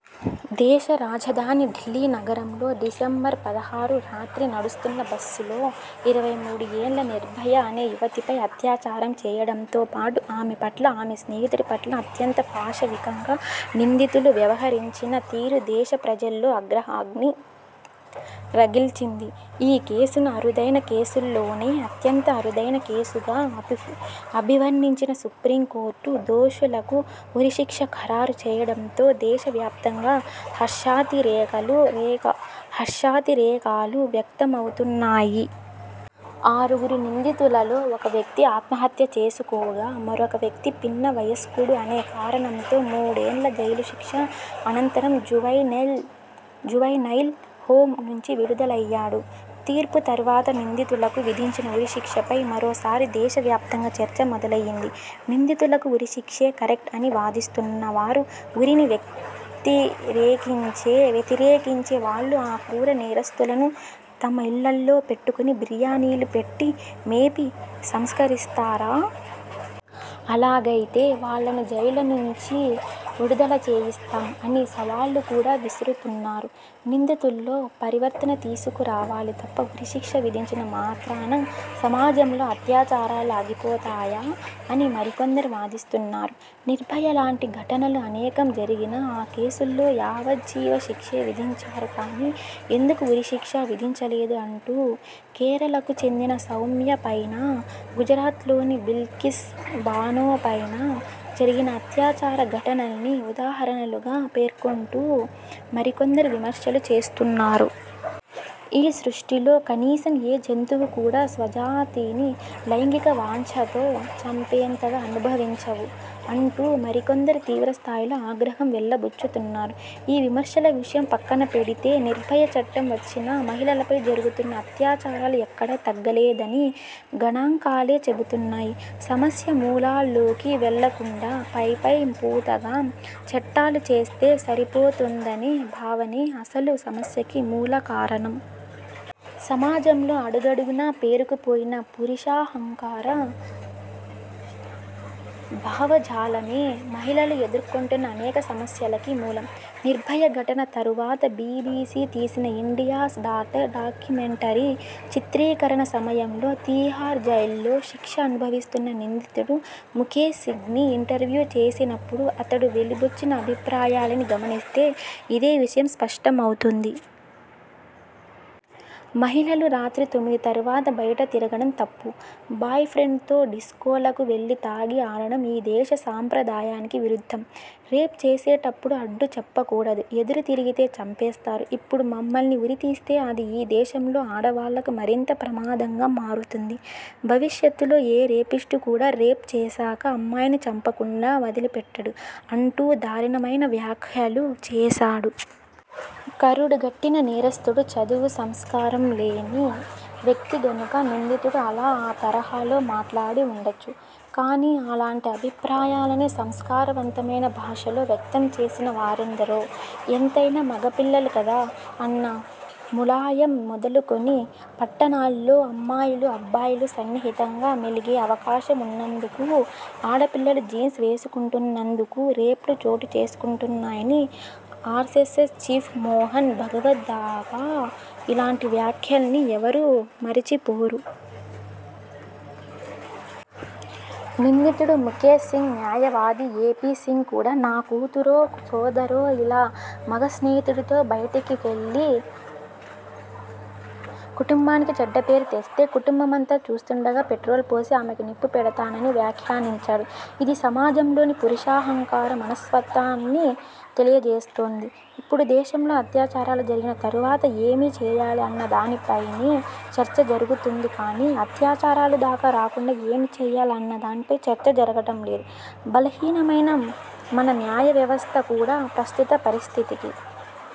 దేశ రాజధాని ఢిల్లీ నగరంలో డిసెంబర్ పదహారు రాత్రి నడుస్తున్న బస్సులో ఇరవై మూడు ఏళ్ళ 'నిర్భయ' అనే యువతిపై అత్యా చారం చేయడంతో పాటు ఆమె పట్ల, ఆమె స్నేహితుడి పట్ల అత్యంత పాశవికంగా నిందితులు వ్యవహరించిన తీరు దేశ ప్రజల్లో ఆగ్రహాగ్ని రగిల్చింది ఈ కేసును అరుదైన కేసుల్లోనే అత్యంత అరుదైన కేసుగా అభివర్ణించిన సుప్రీంకోర్టు దోషులకు ఉరిశిక్ష ఖరారు చేయడంతో దేశ వ్యాప్తంగా హర్షాతిరేఖలు హర్షాతిరేకాలు వ్యక్తమవుతున్నాయి. ఆరుగురు నిందితులలో ఒక వ్యక్తి ఆత్మహత్య చేసుకోగా, మరొక వ్యక్తి పిన్న వయస్కుడు అనే కారణంతో మూడేళ్ళ జైలుశిక్ష అనంతరం జువైనెల్ జువెనైల్ హోమ్ నుంచి విడుదలయ్యాడు. తీర్పు తరువాత నిందితులకు విధించిన ఉరిశిక్షపై మరోసారి దేశవ్యాప్తంగా చర్చ మొదలయ్యింది. నిందితులకు ఉరిశిక్షే కరెక్ట్ అని వాదిస్తున్నవారు 'ఉరిని వ్యతి రేకించే వ్యతిరేకించే వాళ్ళు ఆ క్రూర నేరస్థులను తమ ఇళ్ళల్లో పెట్టుకుని బిర్యానీలు పెట్టి మేపి సంస్కరిస్తారా? అలాగైతే వాళ్ళను జైళ్ళ నుంచి విడుదల చేయిస్తాం' అని సవాళ్ళు కూడా విసురుతున్నారు. 'నిందితుల్లో పరివర్తన తీసుకురావాలి తప్ప ఉరిశిక్ష విధించిన మాత్రాన సమాజంలో అత్యాచారాలు ఆగిపోతాయా' అని మరికొందరు వాదిస్తున్నారు. నిర్భయ లాంటి ఘటనలు అనేకం జరిగినా ఆ కేసుల్లో యావజ్జీవ శిక్షే విధించారు కానీ, ఎందుకు ఉరిశిక్ష విధించలేదు అంటూ– కేరళకు చెందిన సౌమ్యపైనా, గుజరాత్లోని బిల్కిస్ బానోపైనా జరిగిన అత్యాచార ఘటనల్ని ఉదాహరణలుగా పేర్కొంటూ మరికొందరు విమర్శలు చేస్తున్నారు. 'ఈ సృష్టిలో కనీసం ఏ జంతువు కూడా స్వజాతిని లైంగిక వాంఛతో చంపేంతగా అనుభవించవు' అంటూ మరికొందరు తీవ్రస్థాయిలో ఆగ్రహం వెళ్లబుచ్చుతున్నారు. ఈ విమర్శల విషయం పక్కన పెడితేనిర్భయ చట్టం వచ్చినా మహిళలపై జరుగుతున్న అత్యాచారాలు ఎక్కడా తగ్గలేదని గణాంకాలే చెబుతున్నాయి. సమస్య మూలాల్లోకి వెళ్లకుండా పైపై పూతగా చట్టాలు చేస్తే సరిపోతుందనే భావనే అసలు సమస్యకి మూలకారణం. సమాజంలో అడుగడుగునా పేరుకుపోయిన పురుషాహంకార భావజాలమే మహిళలు ఎదుర్కొంటున్న అనేక సమస్యలకి మూలం. నిర్భయ ఘటన తరువాత బీబీసీ తీసిన 'ఇండియాస్ డాటర్' డాక్యుమెంటరీ చిత్రీకరణ సమయంలో తీహార్ జైల్లో శిక్ష అనుభవిస్తున్న నిందితుడు ముఖేశ్ సింగ్ని ఇంటర్వ్యూ చేసినప్పుడు అతడు వెలిబుచ్చిన అభిప్రాయాలని గమనిస్తే ఇదే విషయం స్పష్టమవుతుంది. 'మహిళలు రాత్రి తొమ్మిది తరువాత బయట తిరగడం తప్పు. బాయ్ఫ్రెండ్స్తో డిస్కోలకు వెళ్లి తాగి ఆడడం ఈ దేశ సాంప్రదాయానికి విరుద్ధం. రేప్ చేసేటప్పుడు అడ్డుచెప్పకూడదు. ఎదురు తిరిగితే చంపేస్తారు. ఇప్పుడు మమ్మల్ని ఉరితీస్తే అది ఈ దేశంలో ఆడవాళ్లకు మరింత ప్రమాదంగా మారుతుంది. భవిష్యత్తులో ఏ రేపిస్టు కూడా రేప్ చేసాక అమ్మాయిని చంపకుండా వదిలిపెట్టడు' అంటూ దారుణమైన వ్యాఖ్యలు చేసాడు. కరుడు గట్టిన నేరస్థుడు, చదువు, సంస్కారం లేని వ్యక్తి గనుక నిందితుడు అలా ఆ తరహాలో మాట్లాడి ఉండొచ్చు కానీ, అలాంటి అభిప్రాయాలనే సంస్కారవంతమైన భాషలో వ్యక్తంచేసిన వారెందరో! 'ఎంతైనా మగ పిల్లలు కదా' అన్న ములాయం మొదలుకొని, 'పట్టణాల్లో అమ్మాయిలు, అబ్బాయిలు సన్నిహితంగా మెలిగే అవకాశం ఉన్నందుకూ, ఆడపిల్లలు జీన్స్ వేసుకుంటున్నందుకూ రేప్లు చోటుచేసుకుంటున్నాయని' ఆరెస్సెస్ చీఫ్ మోహన్ భగవత్ దాకా ఇలాంటి వ్యాఖ్యల్ని ఎవరూ మరిచిపోరు. నిందితుడు ముకేశ్ సింగ్ న్యాయవాది ఏపీ సింగ్ కూడా 'నా కూతురో, సోదరో ఇలా మగస్నేహితుడితో బయటకివెళ్ళి కుటుంబానికి చెడ్డపేరు తెస్తే కుటుంబమంతా చూస్తుండగా పెట్రోల్ పోసి ఆమెకు నిప్పు పెడతా'నని వ్యాఖ్యానించాడు. ఇది సమాజంలోని పురుషాహంకార మనస్తత్వాన్ని తెలియచేస్తుంది. ఇప్పుడు దేశంలో అత్యాచారాలు జరిగిన తరువాత ఏమి చేయాలి అన్న దానిపైనే చర్చ జరుగుతుంది కానీ, అత్యాచారాలు దాకా రాకుండా ఏమి చేయాలి అన్నదానిపై చర్చ జరగడం లేదు. బలహీనమైన మన న్యాయవ్యవస్థ కూడా ప్రస్తుత పరిస్థితికి